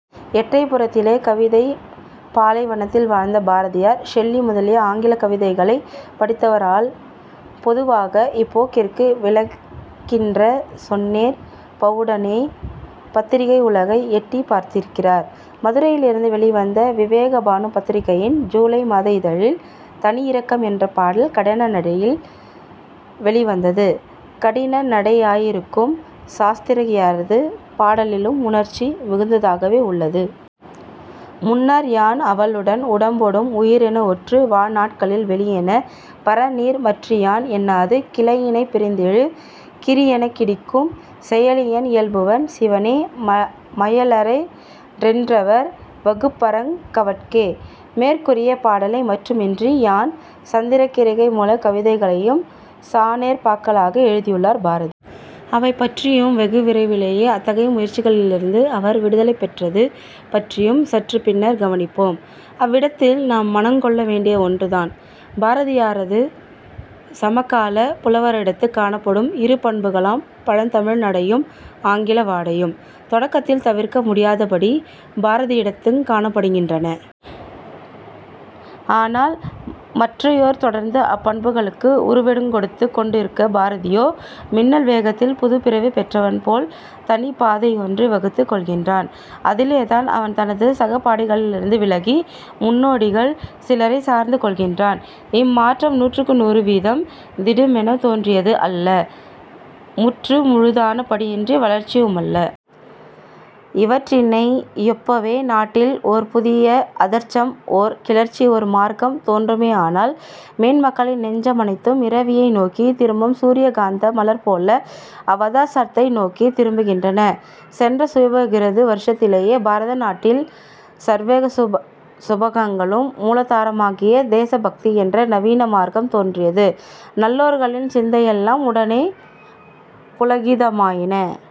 எட்டயபுரத்திலே கவிதைப் பாலைவனத்தில் வாழ்ந்த பாரதியார் ஷெல்லி முதலிய ஆங்கிலக் கவிகளைப் படித்தவராதலால், பொதுவான இப்போக்கிற்கு விலக்கின்றிச் 'சொனேற்' பாவுடனேயே பத்திரிகை உலகை எட்டிப் பார்த்திருக்கிறார். மதுரையிலிருந்து வௌிவந்த "விவேகபானு" பத்திரிகையின் ஜூலை மாத இதழில் தனியிரக்கம் என்ற பாடல் கடினநடையில் வௌிவந்தது, கடின நடையாயிருப்பினும் சாஸ்திரிரியாரது பாடலிலும் உணர்ச்சி மிகுந்ததாகவே உள்ளது. முன்னர் யான் அவளுடன் உடம்பொடும் உயிரென உற்று வாழ் நாட்களில் வளியென பறந்தநீர் மற்றியான் எனாது கிளியினைப் பிரிந்துழிக் கிரியெனக் கிடக்கும் செயலையென் இயம்புவல் சிவனே மயலையிற் றென்றெவர் வகுப்பரங் கவட்கே. " மேற்கூறிய பாடலை மட்டுமன்றி யான், சந்திரிகை முதலிய கவிதைகளையும் சொனேற் பாக்களாக எழுதியுள்ளார் பாரதி. அவை பற்றியும் வெகு விரைவிலேயே அத்தகைய முயற்சிகளிலிருந்து அவர் 'விடுதலை' பெற்றது பற்றியும் சற்றுப் பின்னர் கவனிப்போம். இவ்விடத்தில் நாம் மனங்கொள்ள வேண்டியது ஒன்று தான். பாரதியாரது சமகாலப் புலவரிடத்துக் காணப்படும் இரு பண்புகளாம் பழந்தமிழ் நடையும், ஆங்கில வாடையும் தொடக்கத்தில் தவிர்க்க முடியாதபடி பாரதியிடத்துங் காணப்படுகின்றன. ஆனால் மற்றையோர் தொடர்ந்து அப்பண்புகளுக்கு உருவங்கொடுத்துக் கொண்டிருக்க, பாரதியோ மின்னல் வேகத்தில் புதுப்பிறவி பெற்றவன் போல் தனிப்பாதையொன்றை வகுத்துக் கொள்கிறான். இதிலேதான் அவன் தனது சகபாடிகளிலிருந்து விலகி, முன்னோடிகள் சிலரைச் சார்ந்து கொள்கின்றான். இம்மாற்றம் நூற்றுக்கு நூறு வீதம் திடுமெனத் தோன்றியது அல்ல; முற்று முழுதானபடிமுறை வளர்ச்சியுமல்ல. இவற்றினை யொப்பவே, நாட்டில் ஓர் புதிய ஆதர்சம்-ஒர் கிளர்ச்சி-ஓர் மார்க்கம் தோன்றுமேயானால் மேன்மக்களின் நெஞ்ச மனைத்தும் இரவியை நோக்கித் திரும்பும் சூரிய காந்த மலர்போல அவ்வாதர்சத்தை நோக்கித் திரும்புகின்றன. சென்ற சுபகிருது வருஷத்திலே பாரத நாட்டில் சர்வ சுபங்களுக்கும் மூலாதாரமாகிய "தேசபக்தி" என்ற நவீன மார்க்கம் தோன்றியது, நல்லோர்களின் சிந்தையெல்லாம் உடனே புளகிதமாயின.